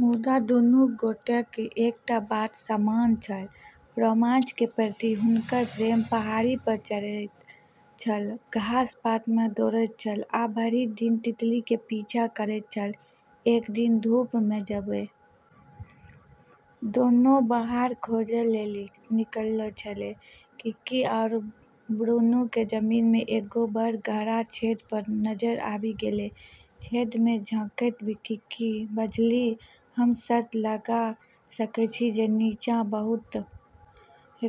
मुदा दुनू गोटेक एकटा बात समान छल, रोमांच के प्रति हुनकर प्रेम पहाड़ी पर चढ़ैत छल, घास-पात मे दौड़ैत छल आ भरि दिन तितली के पीछा करैत छल, एक दिन धूप में जबे दोनों बाहर खोजै लेली निकललो छेलै, किकी आरो ब्रूनो के जमीन में एगो बड़ऽ गहरा छेद पर नजर आबी गेलै, छेद मे झांकैत किकी बजलीह, हम शर्त लगा सकैत छी जे नीचाँ बहुत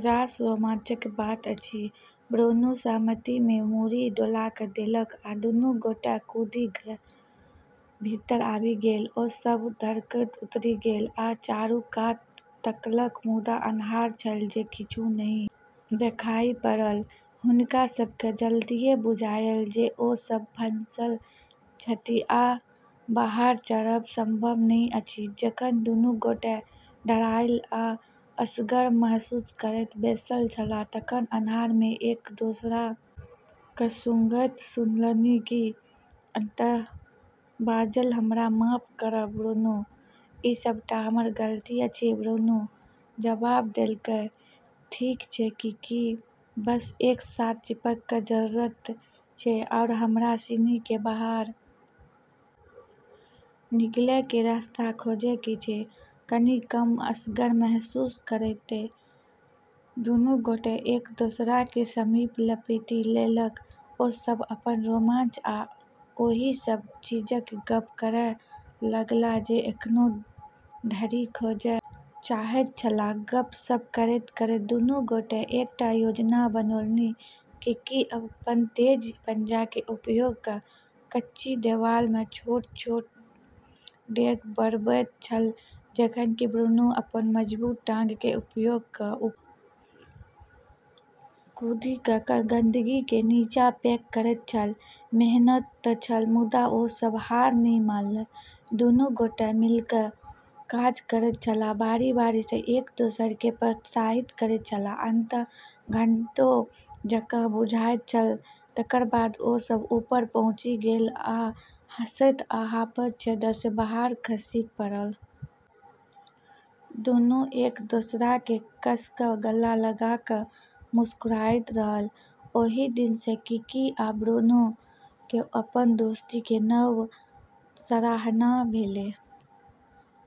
रास रोमांचक बात अछि, ब्रूनो सहमति मे मुड़ी डोला देलक आ दुनू गोटे कूदि कए भीतर आबि गेल ओ सभ धड़कैत उतरि गेल आ चारू कात तकलक मुदा अन्हार छल जे किछु नहि देखाइ पड़ल, हुनका सब के जल्दीए बुझायल जे ओ सब फंसल छथि आ बाहर चढ़ब संभव नहि अछि जखन दुनू गोटे डराएल आ असगर महसूस करैत बैसल छलाह तखन अन्हार मे एक दोसरा केँ सुंघैत सुनलनि किकी अंततः बाजल, हमरा माफ करब ब्रूनो, ई सबटा हमर गलती अछि, ब्रूनो जबाब देलकै ठीक छै किकी, बस एक साथ चिपक के जरूरत छै आरू हमरा सिनी के बाहर निकलै के रास्ता खोजै के छै, कनि कम असगर महसूस करैत दुनू गोटे एक दोसराक समीप लपेटि लेलक ओ सभ अपन रोमांच आ ओहि सभ चीजक गप्प करय लगलाह जे एखनो धरि खोजय चाहैत छलाह, गप्प-सप्प करैत-करैत दुनू गोटे एकटा योजना बनौलनि किकी अपन तेज पंजा के उपयोग क कच्ची देबाल में छोट-छोट डेग बढ़बैत छल जखन कि ब्रूनो अपन मजबूत टांग के उपयोग क ऊपर कूदि क गंदगी के नीचा पैक करैत छल, मेहनत त छल, मुदा ओ सभ हार नहि मानलक, दुनू गोटे मिलिकय काज करैत छलाह, बारी-बारी सँ एक दोसरा केँ प्रोत्साहित करैत छलाह, अंततः घंटों जकाँ बुझाइत छल तकर बाद ओ सभ ऊपर पहुँचि गेल आ हँसैत आ हांफैत छेदसँ बाहर खसि पड़ल। दुनू एक दोसराकेँ कस कऽ गला लगा कऽ मुस्कुराइत रहल, ओहि दिन सँ किकी आ ब्रूनो के अपन दोस्ती के नव सराहना भेलै।